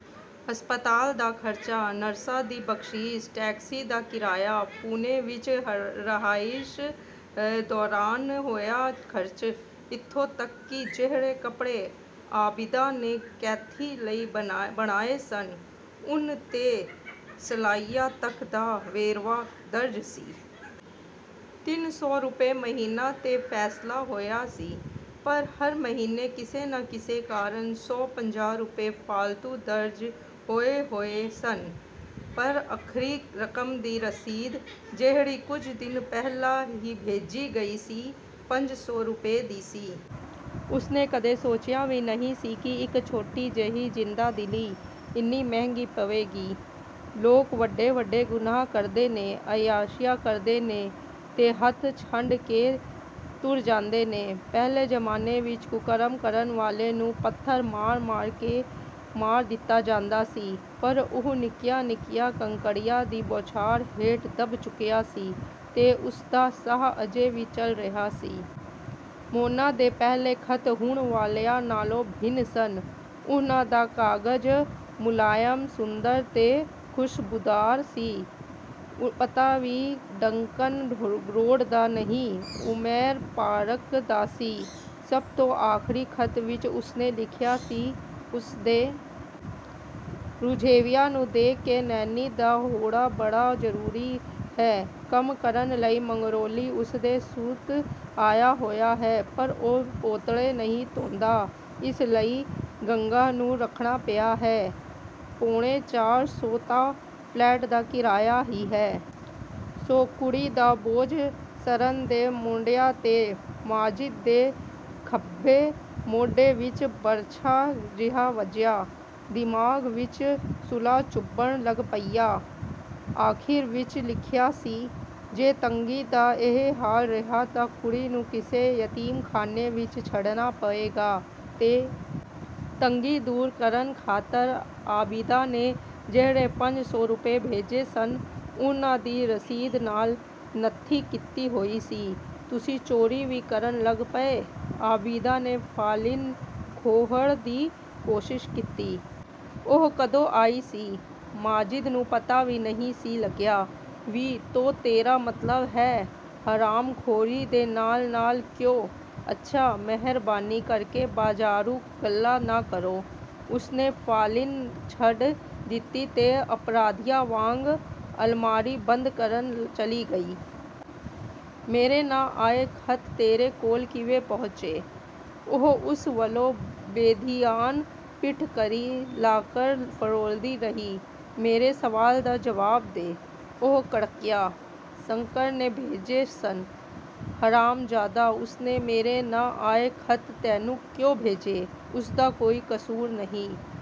ਹਸਪਤਾਲ ਦਾ ਖਰਚਾ, ਨਰਸਾਂ ਦੀ ਬਖ਼ਸ਼ੀਸ਼, ਟੈਕਸੀ ਦਾ ਕਿਰਾਇਆ, ਪੂਨੇ ਵਿੱਚ ਹਰ ਰਹਾਇਸ਼ ਦੌਰਾਨ ਹੋਯਾ ਖਰਚ, ਇੱਥੋਂ ਤੱਕ ਕਿ ਜਿਹੜੇ ਕੱਪੜੇ ਆਬਿਦਾ ਨੇ ਕੈਥੀ ਲਈ ਬਨਾਏ ਬਣਾਏ ਸਨ, ਉੱਨ ਤੇ ਸਲਾਈਆਂ ਤੱਕ ਦਾ ਵੇਰਵਾ ਦਰਜ ਸੀ। ਤਿੰਨ ਸੌ ਰੁਪਏ ਮਹੀਨਾ 'ਤੇ ਫੈਸਲਾ ਹੋਇਆ ਸੀ, ਪਰ ਹਰ ਮਹੀਨੇ ਕਿਸੇ ਨਾ ਕਿਸੇ ਕਾਰਨ ਸੌ-ਪੰਜਾਹ ਰੁਪਏ ਫਾਲਤੂ ਦਰਜ ਹੋਏ-ਹੋਏ ਸਨ। ਪਰ ਅਖਰੀ ਰਕਮ ਦੀ ਰਸੀਦ, ਜੇੜੀ ਕੁਝ ਦਿਨ ਪਹਿਲਾਂ ਹੀ ਬੇਜੀ ਗਈ ਸੀ, ਪੰਜ ਸੌ ਰੁਪਏ ਦੀ ਸੀ। ਉਸਨੇ ਕਦੇ ਸੋਚਿਆ ਵੀ ਨਹੀਂ ਸੀ ਕਿ ਇੱਕ ਛੋਟੀ ਜੇਹੀ ਜ਼ਿੰਦਾਦਿਲੀ, ਇੰਨੀ ਮਹਿੰਗੀ ਪਏਗੀ। ਲੋਕ ਵੱਡੇ-ਵੱਡੇ ਗੁਨਾਹ ਕਰਦੇ ਨੇ, ਅਯਾਸ਼ੀਆਂ ਕਰਦੇ ਨੇ ਤੇ, ਹੱਥ ਛੰਡ ਕੇ ਤੁਰ ਜਾਂਦੇ ਨੇ। ਪੈਹਲੇ ਜ਼ਮਾਨੇ ਵਿੱਚ ਕੁਕਰਮ ਕਰਨ ਵਾਲੇ ਨੂੰ ਪੱਥਰ ਮਾਰ-ਮਾਰ ਕੇ ਮਾਰ ਦਿੱਤਾ ਜਾਂਦਾ ਸੀ, ਪਰ ਉਹ ਨਿੱਕੀਆਂ-ਨਿੱਕੀਆਂ ਕੰਕੜੀਆਂ ਦੀ ਬੌਛਾਰ ਹੇਠ ਦਬ ਚੁੱਕਿਆ ਸੀ ਤੇ ਉਸਦਾ ਸਾਹ ਅਜੇ ਵੀ ਚੱਲ ਰਿਹਾ ਸੀ। ਮੋਨਾ ਦੇ ਪੈਹਲੇ ਖ਼ਤ ਹੁਣ ਵਾਲਿਆਂ ਨਾਲੋਂ ਬਿਹਨ ਸਨ। ਉਹਨਾਂ ਦਾ ਕਾਗਜ਼ ਮੁਲਾਇਮ, ਸੁੰਦਰ ਤੇ ਖੁਸ਼ਬੂਦਾਰ ਸੀ। ਪਤਾ ਵੀ ਡੰਕਨ ਰੋਡ ਦਾ ਨਹੀਂ, ਉਮੈਰ ਪਾਰਕ ਦਾ ਸੀ। ਸਭ ਤੋਂ ਆਖਰੀ ਖ਼ਤ ਵਿੱਚ ਉਸਨੇ ਲਿਖਿਆ ਸੀ।"ਉਸਦੇ ਰੁਝੇਵਿਆਂ ਨੂੰ ਦੇਖ ਕੇ ਨੇਨੀ ਦਾ ਹੋੜਾ ਬੜਾ ਜ਼ਰੂਰੀ ਹੈ। ਕੰਮ ਕਰਨ ਲਈ ਮੰਗਲੋਰੀ ਉਸਦੇ ਸੂਤ ਆਯਾ ਹੋਯਾ ਹੈ, ਪਰ ਔਹ ਪੋਤੜੇ ਨਹੀਂ ਧੋਂਦਾ। ਇਸ ਲਈ ਗੰਗਾ ਨੂੰ ਰੱਖਣਾ ਪਿਆ ਹੈ। ਪੌਣੇ ਚਾਰ ਸੌ ਤਾਂ ਫਲੈਟ ਦਾ ਕਿਰਾਇਆ ਹੀ ਹੈ। ਸੋ ਕੁੜੀ ਦਾ ਬੋਝ ਸਰਨ ਦੇ ਮੋਢਿਆਂ 'ਤੇ" ਮਾਜਿਦ ਦੇ ਖੱਬੇ ਮੋਢੇ ਵਿੱਚ ਬਰਛਾ ਜਿਹਾ ਵੱਜਿਆ। ਦਿਮਾਗ਼ ਵਿੱਚ ਸੂਲਾਂ ਚੁਭਣ ਲੱਗ ਪਈਆਂ। ਆਖਿਰ ਵਿੱਚ ਲਿਖਿਆ ਸੀ। 'ਜੇ ਤੰਗੀ ਦਾ ਏਹੇ ਹਾਲ ਰਿਹਾ ਤਾਂ ਕੁੜੀ ਨੂੰ ਕਿਸੇ ਯਤੀਮਖਾਨੇ ਵਿੱਚ ਛੱਡਨਾ ਪਏਗਾ।'ਤੇ ਤੰਗੀ ਦੂਰ ਕਰਨ ਖਾਤਰ ਆਬਿਦਾ ਨੇ ਜੇਹੜੇ ਪੰਜ ਸੌ ਰੁਪਏ ਬੇਜੇ ਸਨ, ਔਹਨਾਂ ਦੀ ਰਸੀਦ ਨਾਲ ਨੱਥੀ ਕੀਤੀ ਹੋਈ ਸੀ। "ਤੁਸੀਂ ਚੋਰੀ ਵੀ ਕਰਨ ਲੱਗ ਪਏ?" ਆਬਿਦਾ ਨੇ ਫਾਈਲ ਖੋਹਣ ਦੀ ਕੋਸ਼ਿਸ਼ ਕੀਤੀ। ਔਹ ਕਦੋਂ ਆਈ ਸੀ, ਮਾਜਿਦ ਨੂੰ ਪਤਾ ਵੀ ਨਹੀਂ ਸੀ ਲੱਗੇਯਾ "'ਵੀ' ਤੋਂ ਤੇਰਾ ਮਤਲਬ ਹੈ, ਹਰਾਮਖੋਰੀ ਦੇ ਨਾਲ-ਨਾਲ, ਕਿਯੋ?" "ਅੱਛਾ, ਮੈਹਰਬਾਨੀ ਕਰਕੇ ਬਾਜ਼ਾਰੂ ਗੱਲਾਂ ਨਾ ਕਰੋ।" ਉਸਨੇ ਫਾਈਲ ਛੱਡ ਦਿੱਤੀ ਤੇ ਅਪਰਾਧੀਆਂ ਵਾਂਗ ਅਲਮਾਰੀ ਬੰਦ ਕਰਨ ਚਲੀ ਗਈ। "ਮੇਰੇ ਨਾਂ ਆਏ ਖ਼ਤ ਤੇਰੇ ਕੋਲ ਕਿਵੇਂ ਪਹੁੰਚੇ?" ਔਹ ਉਸ ਵੱਲੋਂ ਬੇਧਿਆਨ, ਪਿੱਠ ਕਰੀ, ਲਾਕਰ ਫਰੋਲਦੀ ਰਹੀ। "ਮੇਰੇ ਸਵਾਲ ਦਾ ਜਵਾਬ ਦੇ," ਔਹ ਕੜਕਿਆ। "ਸ਼ੰਕਰ ਨੇ ਬੇਜੇ ਸਨ।" "ਹਰਾਮਜ਼ਾਦਾ, ਉਸਨੇ ਮੇਰੇ ਨਾਂ ਆਏ ਖ਼ਤ ਤੈਨੂੰ ਕਿਉਂ ਭੇਜੇ?" "ਉਸਦਾ ਕੋਈ ਕਸੂਰ ਨਹੀਂ।